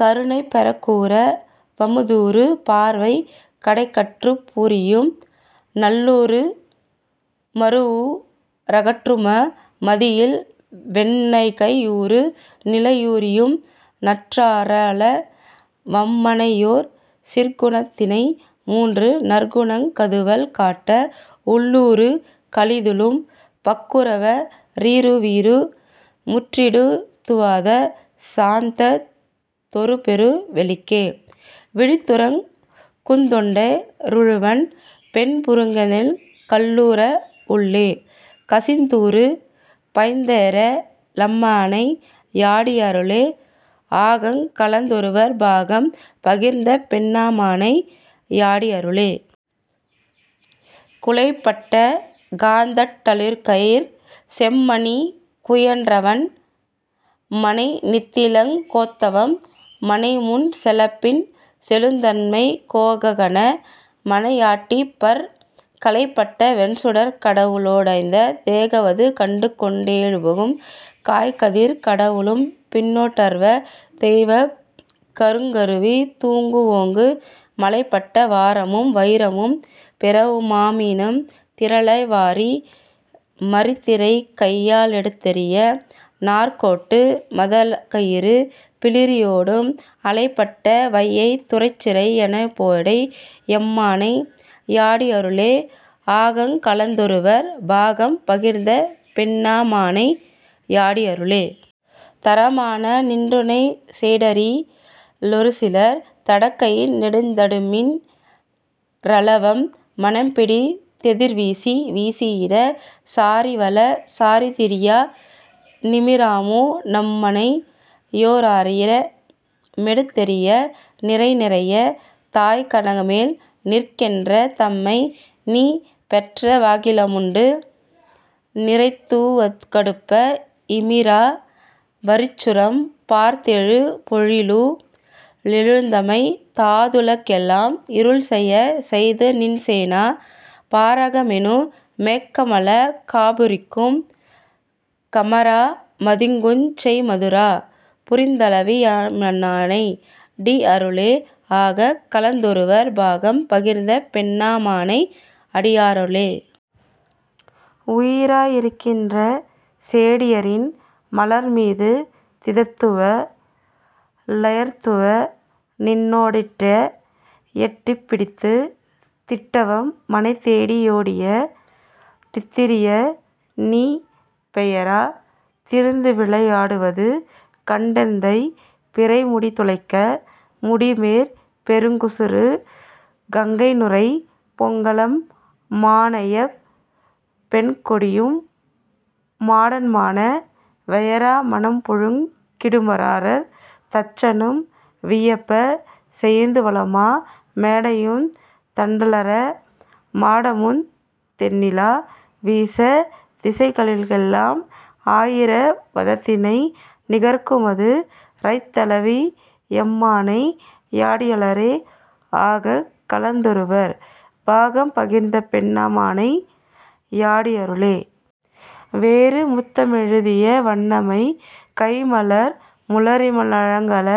கருணைப் பெருக்கூற வமுதூறு பார்வைக் கடைக்கட் கறுப்பூறியும் நள்ளூறு மறுவூ றகற்றுமுக மதியில்வெண் ணகையூறு நிலவூறியும் நற்றாரள வம்மனையொர் சிற்குணத் தினைமூன்று நற்குணங் கதுவல் காட்ட உள்ளூறு களிதுளும் பக்குரவ ரிருவீரு முற்றிடு துவாத சாந்தத் தொருபெரு வெளிக்கே விழித்துறங் குந்தொண்ட ருழுவலன் பென்புருகநெக் கள்ளூற வுள்ளே கசிந்தூறு பைந்தேற லம்மானை யாடியருளே ஆகங் கலந்தொருவர் பாகம் பகிர்ந்தபெண் ணம்மானை யாடியருளே. குலைபட்ட காந்தட் டளிர்க்கையிற் செம்மணி குயின்றவம் மனைநித்திலங் கோத்தவம் மனைமுன் செலப்பின் செலுந்தன்மை கோகனக மனையாட்டிபாற் கலைபட்ட வெண்சுடர்க் கடவுடோ ய்ந் தேகவது கண்டுகொண் டேபுழுங்குங் காய்கதிர்க் கடவுளும் பின்றொடர்வ தேய்ப்பக் கறங்கருவி தூங்குவோங்கு மலைப்பட்ட வாரமும் வயிரமும் பிறவுமா மாமணித் திரளைவாரி மறிதிரைக் கையா லெடுத்தெறிய நாற்கோட்டு மதகளிறு பிளிறியோடும் அலைபட்ட வையைத் துறைச்சிறை யனப்பேடை யம்மானை யாடியருளே ஆகங் கலந்தொருவர் பாகம் பகிர்ந்தபெண் ணம்மானை யாடியருளே. தமரான நின்றுணைச் சேடியரி லொருசிலர் தடக்கையி நெடுத்தாடுநின் றரளவம் மனைபிடித் தெதிர்வீசி வீசியிட சாரிவல சாரிதிரியா நிமிராமு னம்மனையொ ராயிர மெடுத்தெறிய நிரைநிரைய தாய்ககனமேல் நிற்கின்ற தம்மைநீ பெற்றவகி லாண்டமு நிரைத்துவைத் ததுகடுப்ப இமிரா வரிச்சுரும் பார்த்தெழப் பொழிலூ டெழுந்தபைந் தாதுல கெலாம் இருள்செயச் செய்துநின் சேனா பராகமெனு மேக்கமள காபுரிக்கும் அமரா மதிக்குஞ்செய் மதுரா புரித்தலைவி யம்மானை யாடியருளே ஆகங் கலந்தொருவர் பாகம் பகிர்ந்தபெண் ணம்மானை யாடியருளே. உயிரா யிருக்கின்ற சேடியரின் மலர்மீ துதித்தவ ளெதிர்த்துநின்னோ டொட்டியெட் டிப்பிடித் திட்டவம் மனைதேடி யோடியா டித்திரியநீ பெயரா திருந்துவிளை யாடுவது கண்டெந்தை பிறைமுடி துளக்க முடிமேற் பெருகுசுர கங்கைநுரை பொங்கலம் மானையப் பெண்கொடியு மாடன்மான வெயரா மனம்புழுங் கிடுமமரர் தச்சனும் வியப்பச் செயுந்தவளமா மேடையுந் தண்டரள மாடமுந் தெண்ணிலா வீசத் திசைக்களிறெலாம் அயிரா வதத்தினை நிகர்க்குமது ரைத்தலைவி யம்மானை யாடியருளே ஆகங் கலந்தொருவர் பாகம் பகிர்ந்தபெண் ணம்மானை யாடியருளே. வேறு முத்தம ழுத்திய வம்மனை கைம்மலர் முளரிம ணங்கமழ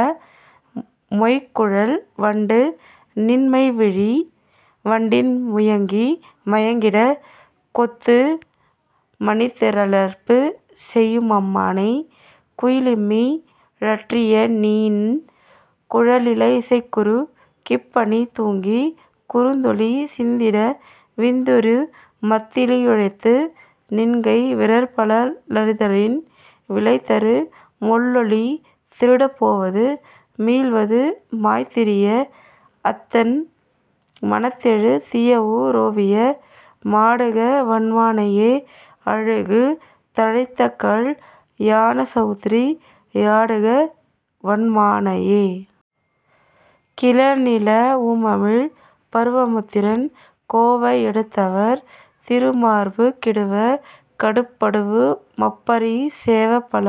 மொய்குழல் வண்டுநின் மைவிழி வண்டின் முயங்கி மயங்கியிடக் கொத்து மணித்திர ளிற்செயு மம்மனை குயிலின்மி ழற்றியநின் குழலினி சைக்குரு கிப்பனி தூங்கு குறுந்துளி சிந்தியிட வித்துரு மத்திலி ழைத்தவு நின்கை விரற்பவ ளத்தளிரின் விளைதரு மொள்ளொளி திருடப் போவது மீள்வது மாய்த்திரிய அத்தன் மனத்தெழு தியவுயி ரோவிய மாடுக வம்மானையே அழகு தழைந்தகல் யாணசவுந்தரி யாடுக வம்மானையே. கிளநில வுமிழ்பரு முத்தின் கோவை யெடுத்தவர் திருமார்புக் கிடுவ கடுப்பவு மப்பரி சேபல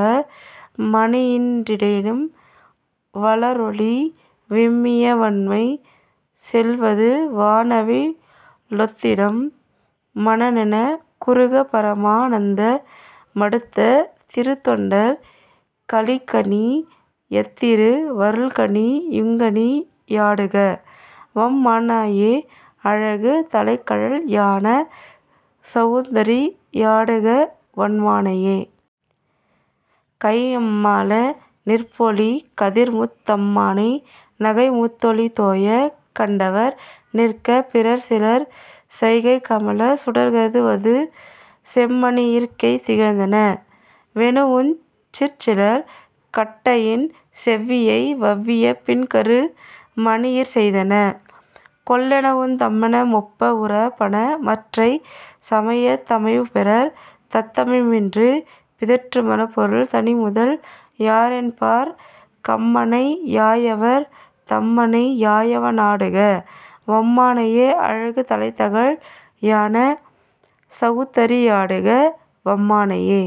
மணியி னியற்றியிடும் வளரொளி விம்மிய வம்மனை செல்வது வானவி லொத்திடவும் மனனெக் குருகப் பரமா னந்த மடுத்த திருத்தொண்டர்க் களிகனி யத்திரு வருள்கனி யுங்கனி யாடுக வம்மானையே அழகு தழைந்தகல் யாண சவுந்தரி யாடுக வம்மானையே. கைம்மல ரிற்பொலி கதிர்முத் தம்மனை நகைமுத் தொளிதோயக் கண்டவர் நிற்கப் பிறர்சிலர் செங்கைக் கமலச் சுடர்கதுவச் செம்மணி யிற்செய் திழைத்தன வெனவுஞ் சிற்சிலர் கட்கடையின் செவ்வியை வவ்விய பின்கரு மணியிற் செய்தன கொல்லெனவுந் தம்மன மொப்ப வுரைப்பன மற்றைச் சமயத் தமைவுபெறார் தத்தமி னின்று பிதற்றுவ பொருவத் தனிமுதல் யாமென்பார்க் கம்மனை யாயவர் தம்மனை யானவ ளாடுக வம்மானையே அழகு தழைந்தகல் யாண சவுந்தரி யாடுக வம்மானையே.